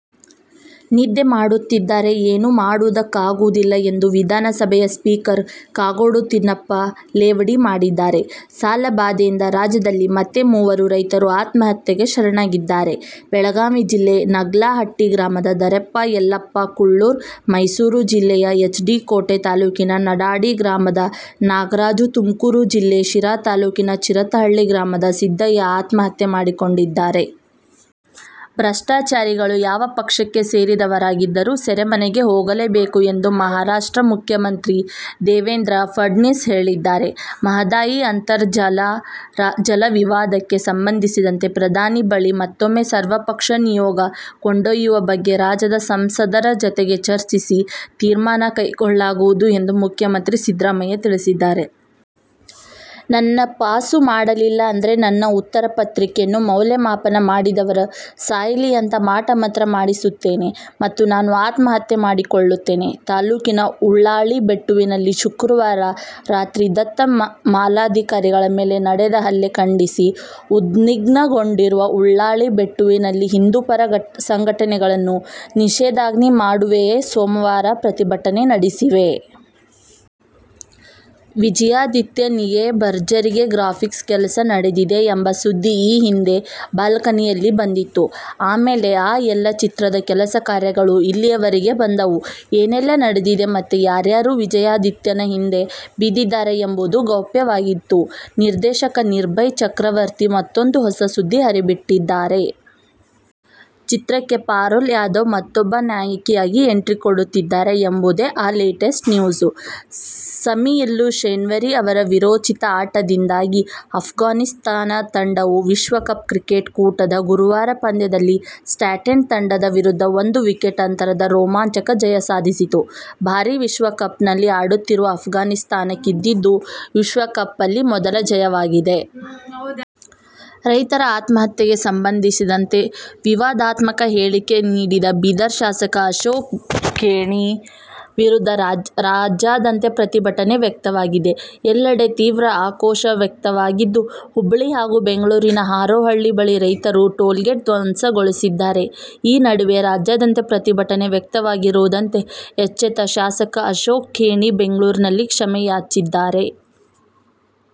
ನಿದ್ದೆ ಮಾಡುತ್ತಿದ್ದರೆ ಏನೂ ಮಾಡುವುದಕ್ಕಾಗುವುದಿಲ್ಲ ಎಂದು ವಿಧಾನಸಭೆಯ ಸ್ಪೀಕರ್ ಕಾಗೋಡು ತಿಮ್ಮಪ್ಪ ಲೇವಡಿ ಮಾಡಿದ್ದಾರೆ. ಸಾಲಬಾಧೆಯಿಂದ ರಾಜ್ಯದಲ್ಲಿ ಮತ್ತೆ ಮೂವರು ರೈತರು ಆತ್ಮಹತ್ಯೆಗೆ ಶರಣಾಗಿದ್ದಾರೆ. ಬೆಳಗಾವಿ ಜಿಲ್ಲೆ ನಲ್ಲಾನಟ್ಟಿ ಗ್ರಾಮದ ಧರೆಪ್ಪ ಯಲ್ಲಪ್ಪ ಕುಳ್ಳೂರು, ಮೈಸೂರು ಜಿಲ್ಲೆಯ ಎಚ್. ಡಿ. ಕೋಟೆ ತಾಲೂಕಿನ ನಡಾಡಿ ಗ್ರಾಮದ ನಾಗರಾಜು, ತುಮಕೂರು ಜಿಲ್ಲೆ ಶಿರಾ ತಾಲೂಕಿನ ಚಿರತಹಳ್ಳಿ ಗ್ರಾಮದ ಸಿದ್ದಯ್ಯ ಆತ್ಮಹತ್ಯೆ ಮಾಡಿಕೊಂಡಿದ್ದಾರೆ. ಭ್ರಷ್ಟಾಚಾರಿಗಳು ಯಾವ ಪಕ್ಷಕ್ಕೆ ಸೇರಿದವರಾಗಿದ್ದರೂ ಸೆರೆಮನೆಗೆ ಹೋಗಲೇಬೇಕು ಎಂದು ಮಹಾರಾಷ್ಟ್ರ ಮುಖ್ಯಮಂತ್ರಿ ದೇವೇಂದ್ರ ಫಡ್ನವೀಸ್ ಹೇಳಿದ್ದಾರೆ. ಮಹದಾಯಿ ಅಂತಾರಾಜ್ಯ ಜಲ ವಿವಾದಕ್ಕೆ ಸಂಬಂಧಿಸಿದಂತೆ ಪ್ರಧಾನಿ ಬಳಿ ಮತ್ತೂಮ್ಮೆ ಸರ್ವಪಕ್ಷ ನಿಯೋಗ ಕೊಂಡೊಯ್ಯುವ ಬಗ್ಗೆ ರಾಜ್ಯದ ಸಂಸದರ ಜತೆಗೆ ಚರ್ಚಿಸಿ, ತೀರ್ಮಾನ ಕೈಗೊಳ್ಳಲಾಗುವುದು ಎಂದು ಮುಖ್ಯಮಂತ್ರಿ ಸಿದ್ದರಾಮಯ್ಯತಿಳಿಸಿದ್ದಾರೆ. "ನನ್ನ ಪಾಸು ಮಾಡಲಿಲ್ಲ ಅಂದ್ರೆ, ನನ್ನ ಉತ್ತರ ಪತ್ರಿಕೆಯನ್ನು ಮೌಲ್ಯಮಾಪನ ಮಾಡಿದವರು ಸಾಯಲಿ ಅಂತ ಮಾಟ ಮಂತ್ರ ಮಾಡಿಸುತ್ತೇನೆ ಮತ್ತು ನಾನೂ ಆತ್ಮಹತ್ಯೆ ಮಾಡಿಕೊಳ್ಳುತ್ತೇನೆ'। ತಾಲೂಕಿನ ಉಳಾಯಿಬೆಟ್ಟುವಿನಲ್ಲಿ ಶುಕ್ರವಾರ ರಾತ್ರಿ ದತ್ತ ಮಾಲಾಧಾರಿಗಳ ಮೇಲೆ ನಡೆದ ಹಲ್ಲೆ ಖಂಡಿಸಿ ಉದ್ವಿಗ್ನಗೊಂಡಿರುವ ಉಳಾಯಿಬೆಟ್ಟುವಿನಲ್ಲಿ ಹಿಂದುಪರ ಸಂಘಟನೆಗಳು ನಿಷೇಧಾಜ್ಞೆ ನಡುವೆಯೇ ಸೋಮವಾರ ಪ್ರತಿಭಟನೆ ನಡೆಸಿವೆ. "ವಿಜಯಾಧಿತ್ಯ' ನಿಗೆ ಭರ್ಜರಿ ಗ್ರಾಫಿಕ್ಸ್ ಕೆಲಸ ನಡೆದಿದೆ ಎಂಬ ಸುದ್ದಿ ಈ ಹಿಂದೆ ಇದೇ ಬಾಲ್ಕನಿಯಲ್ಲಿ ಬಂದಿತ್ತು. ಆಮೇಲೆ ಆ ಚಿತ್ರದ ಕೆಲಸ ಕಾರ್ಯಗಳು ಎಲ್ಲಿವರೆಗೆ ಬಂದವು, ಏನೆಲ್ಲಾ ನಡೆದಿದೆ ಮತ್ತೆ ಯಾರ್ಯಾರು "ವಿಜಯಾಧಿತ್ಯ'ನ ಹಿಂದೆ ಬಿದ್ದಿದ್ದಾರೆ ಎಂಬುದು ಗೌಪ್ಯವಾಗಿತ್ತು. ನಿರ್ದೇಶಕ ನಿರ್ಭಯ್ ಚಕ್ರವರ್ತಿ ಮತ್ತೂಂದು ಹೊಸ ಸುದ್ದಿ ಹರಿಬಿಟ್ಟಿದ್ದಾರೆ. ಚಿತ್ರಕ್ಕೆ ಪಾರುಲ್ ಯಾದವ್ ಮತ್ತೂಬ್ಬ ನಾಯಕಿಯಾಗಿ ಎಂಟ್ರಿಕೊಡುತ್ತಿದ್ದಾರೆ ಎಂಬುದೇ ಆ ಲೇಟೆಸ್ಟ್ ನ್ಯೂಸು. ಸಮಿಯುಲ್ಲ ಶೆನ್ವರಿ ಅವರ ವೀರೋಚಿತ ಆಟದಿಂದಾಗಿ ಅಫ್ಘಾನಿಸ್ಥಾನ ತಂಡವು ವಿಶ್ವ ಕಪ್ ಕ್ರಿಕೆಟ್ ಕೂಟದ ಗುರುವಾರದ ಪಂದ್ಯದಲ್ಲಿ ಸ್ಕಾಟ್ಲೆಂಡ್ ತಂಡದ ವಿರುದ್ಧ ಒಂದು ವಿಕೆಟ್ ಅಂತರದ ರೋಮಾಂಚಕ ಜಯ ಸಾಧಿಸಿತು. ಬಾರಿ ವಿಶ್ವ ಕಪ್ನಲ್ಲಿ ಆಡುತ್ತಿರುವ ಅಫ್ಘಾನಿಸ್ಥಾನಕ್ಕಿದು ವಿಶ್ವ ಕಪ್ನಲ್ಲಿ ಮೊದಲ ಜಯವಾಗಿದೆ. ರೈತರ ಆತ್ಮಹತ್ಯೆಗೆ ಸಂಬಂಧಿಸಿದಂತೆ ವಿವಾದಾತ್ಮಕ ಹೇಳಿಕೆ ನೀಡಿದ ಬೀದರ ಶಾಸಕ ಅಶೋಕ ಖೇಣಿ ವಿರುದ್ಧ ರಾಜ್ಯಾದ್ಯಂತ ಪ್ರತಿಭಟನೆ ವ್ಯಕ್ತವಾಗಿದೆ. ಎಲ್ಲೆಡೆ ತೀವ್ರ ಆಕ್ರೋಶ ವ್ಯಕ್ತವಾಗಿದ್ದು, ಹುಬ್ಬಳ್ಳಿ ಹಾಗೂ ಬೆಂಗಳೂರಿನ ಹಾರೋಹಳ್ಳಿ ಬಳಿ ರೈತರು ಟೋಲ್ಗೇಟ್ನ್ನು ಧ್ವಂಸಗೊಳಿಸಿದ್ದಾರೆ. ಈ ನಡುವೆ ರಾಜ್ಯಾದ್ಯಂತ ಪ್ರತಿಭಟನೆ ವ್ಯಕ್ತವಾಗುತ್ತಿದ್ದಂತೆ ಎಚ್ಚೆತ್ತ ಶಾಸಕ ಅಶೋಕ ಖೇಣಿ ಬೆಂಗಳೂರಲ್ಲಿ ಕ್ಷಮೆಯಾಚಿಸಿದ್ದಾರೆ.